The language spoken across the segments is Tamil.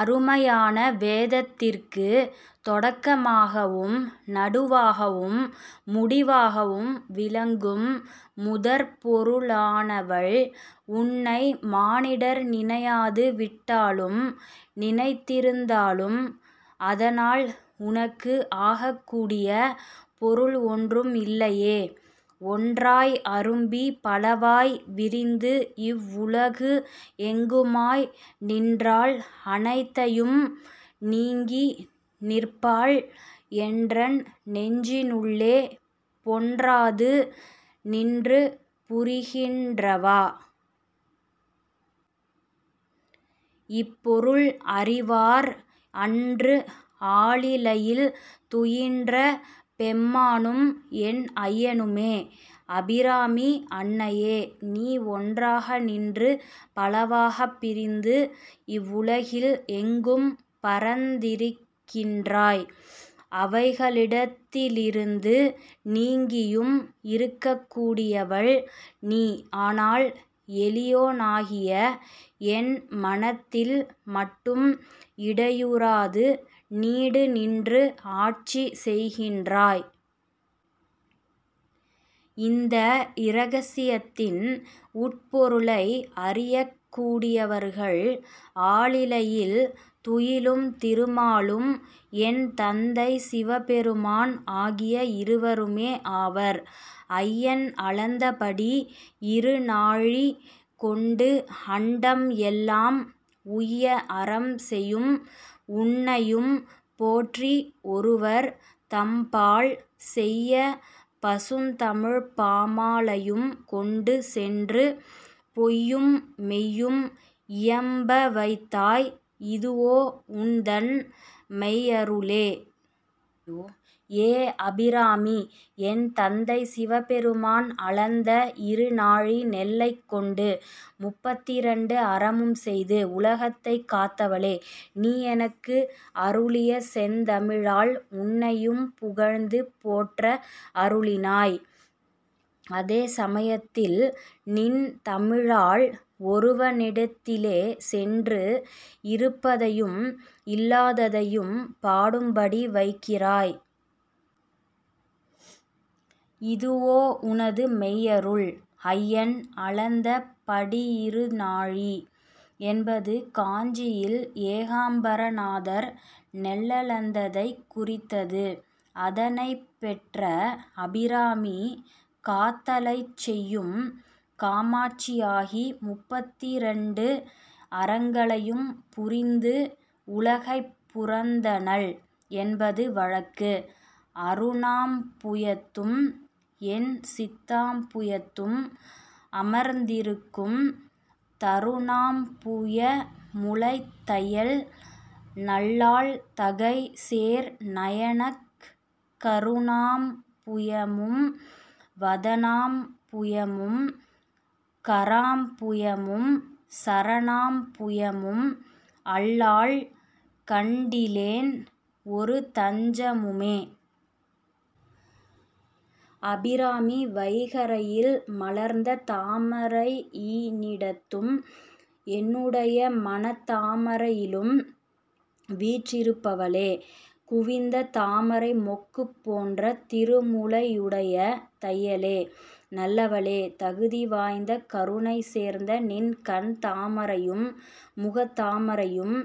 அருமையான வேதத்திற்கு தொடக்கமாகவும் நடுவாகவும் முடிவாகவும் விளங்கும் முதற் பொருளானவள்! உன்னை மானிடர் நினையாது விட்டாலும், நினைத்திருந்தாலும் அதனால் உனக்கு ஆகக்கூடிய பொருள் ஒன்றும் இல்லையே! ஒன்றாய் அரும்பி பலவாய் விரிந்து இவ் உலகு எங்குமாய் நின்றாள் அனைத்தையும் நீங்கி நிற்பாள் என்றன் நெஞ்சினுள்ளே பொன்றாது நின்று புரிகின்றவா. இப் பொருள் அறிவார் அன்று ஆலிலையில் துயின்ற பெம்மானும் என் ஐயனுமே. அபிராமி அன்னையே! நீ ஒன்றாக நின்று பலவாகப் பிரிந்து இவ்வுலகில் எங்கும் பரந்திருக்கின்றாய். அவைகளிடத்திலிருந்து நீங்கியும், இருக்கக் கூடியவள் நீ! ஆனால், எளியோனாகிய என் மனத்தில் மட்டும் இடையுறாது நீடு நின்று ஆட்சி செய்கின்றாய். இந்த இரகசியத்தின் உட்பொருளை அறியக் கூடியவர்கள் ஆலிலையில் துயிலும் திருமாலும் என் தந்தை சிவபெருமான் ஆகிய இருவருமே ஆவர். ஐயன் அளந்தபடி இரு நாழி கொண்டு அண்டம் எல்லாம் உய்ய அறம் செயும் உன்னையும் போற்றி ஒருவர் தம்பால் செய்ய பசுந்தமிழ்ப்பாமாலையும் கொண்டு சென்று பொய்யும் மெய்யும் இயம்பவைத்தாய் இதுவோ உன்தன் மெய்யருளே? ஏ அபிராமி! என் தந்தை சிவபெருமான் அளந்த இரு நாழி நெல்லைக் கொண்டு முப்பத்திரண்டு அறமும் செய்து உலகத்தைக் காத்தவளே! நீ எனக்கு அருளிய செந்தமிழால் உன்னையும் புகழ்ந்து போற்ற அருளினாய்! அதே சமயத்தில் நின் தமிழால் ஒருவனிடத்திலே சென்று இருப்பதையும் இல்லாததையும் பாடும்படி வைக்கிறாய்! இதுவோ உனது மெய்யருள்?. ஐயன் அளந்த படியிருநாழி என்பது காஞ்சியில் ஏகாம்பரநாதர் நெல்லளந்ததைக் குறித்தது. அதனைப் பெற்ற அபிராமி காத்தலைச் செய்யும் காமாட்சியாகி முப்பத்திரெண்டு அறங்களையும் புரிந்து உலகைப் புரந்தனள் என்பது வழக்கு. அருணாம்புயத்தும் என் சித்தாம்புயத்தும் அமர்ந்திருக்கும் தருணாம்புயமுலைத் தையல் நல்லாள் தகை சேர் நயனக் கருணாம்புயமும் வதனாம்புயமும் கராம்புயமும் சரணாம்புயமும் அல்லால் கண்டிலேன் ஒரு தஞ்சமுமே. அபிராமி! வைகறையில் மலர்ந்த தாமரையினிடத்தும் என்னுடைய மனத்தாமரையிலும் வீற்றிருப்பவளே! குவிந்த தாமரை மொக்குப் போன்ற திருமுலையுடைய தையலே! நல்லவளே! தகுதி வாய்ந்த கருணை சேர்ந்த நின் கண் தாமரையும், முகத்தாமரையும்,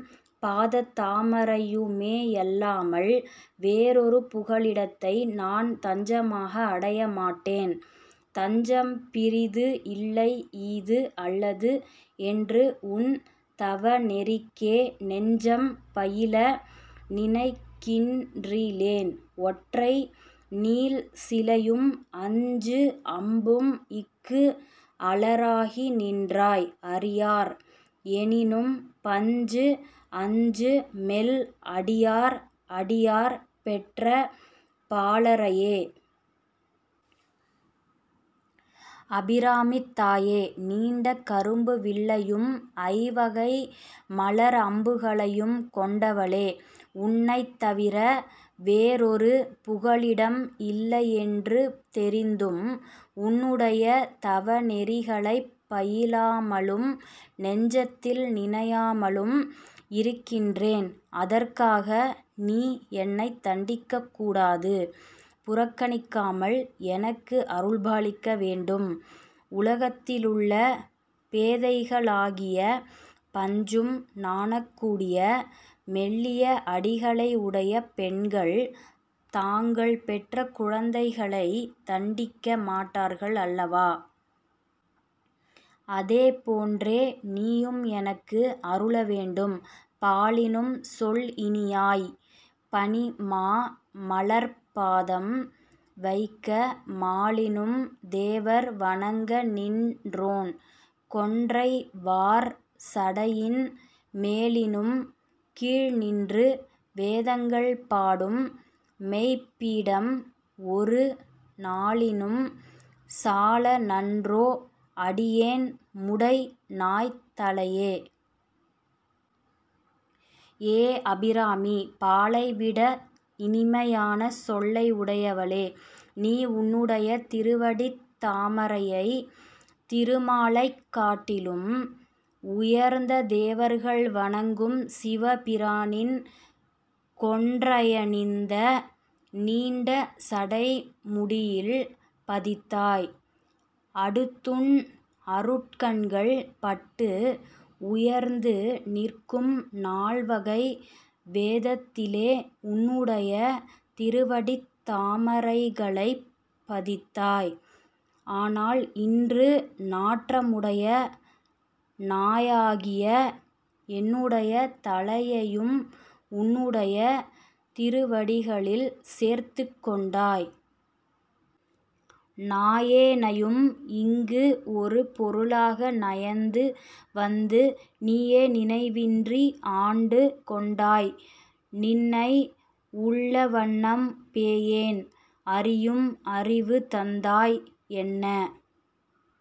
பாதத் தாமரையுமேயல்லாமல் வேறொரு புகலிடத்தை நான் தஞ்சமாக அடைய மாட்டேன். தஞ்சம் பிறிது இல்லை ஈது அல்லது என்று உன் தவநெறிக்கே நெஞ்சம் பயில நினைக்கின்றிலேன் ஒற்றை நீள்சிலையும் அஞ்சு அம்பும் இக்கு அலராகி நின்றாய் அறியார் எனினும் பஞ்சு அஞ்சு மெல் அடியார் அடியார் பெற்ற பாலரையே. அபிராமித் தாயே! நீண்ட கரும்பு வில்லையும் ஐவகை மலர் அம்புகளையும் கொண்டவளே! உன்னைத் தவிர வேறொரு புகலிடம் இல்லையென்று தெரிந்தும் உன்னுடைய தவநெறிகளைப் பயிலாமலும் நெஞ்சத்தில் நினையாமலும் இருக்கின்றேன். அதற்காக நீ என்னைத் தண்டிக்கக் கூடாது. புறக்கணிக்காமல் எனக்கு அருள் பாலிக்க வேண்டும். உலகத்திலுள்ள பேதைகளாகிய பஞ்சும் நாணக்கூடிய மெல்லிய அடிகளை உடைய பெண்கள் தாங்கள் பெற்ற குழந்தைகளைத் தண்டிக்க மாட்டார்கள் அல்லவா? அதே போன்றே நீயும் எனக்கு அருள வேண்டும். பாலினும் சொல் இனியாய். பனி மா மலர்ப் பாதம் வைக்க மாலினும் தேவர் வணங்க நின்றோன் கொன்றை வார் சடையின் மேலினும் கீழ்நின்று வேதங்கள் பாடும் மெய்ப் பீடம் ஒரு நாலினும் சால நன்றோ அடியேன் முடை நாய்த் தலையே? ஏ அபிராமி! பாலைவிட இனிமையான சொல்லை உடையவளே! நீ உன்னுடைய திருவடித் தாமரையை திருமாலைக் காட்டிலும் உயர்ந்த தேவர்கள் வணங்கும் சிவபிரானின் கொன்றையனிந்த நீண்ட சடைமுடியில் பதித்தாய். அடுத்துன் அருட்கண்கள் பட்டு உயர்ந்து நிற்கும் நால்வகை வேதத்திலே உன்னுடைய திருவடித் தாமரைகளைப் பதித்தாய். ஆனால் இன்று நாற்றமுடைய நாயாகிய என்னுடைய தலையையும் உன்னுடைய திருவடிகளில் சேர்த்துக் கொண்டாய். நாயேனையும் இங்கு ஒரு பொருளாக நயந்து வந்து நீயே நினைவின்றி ஆண்டு கொண்டாய் நின்னை உள்ளவண்ணம் பேயேன் அறியும் அறிவு தந்தாய் என்ன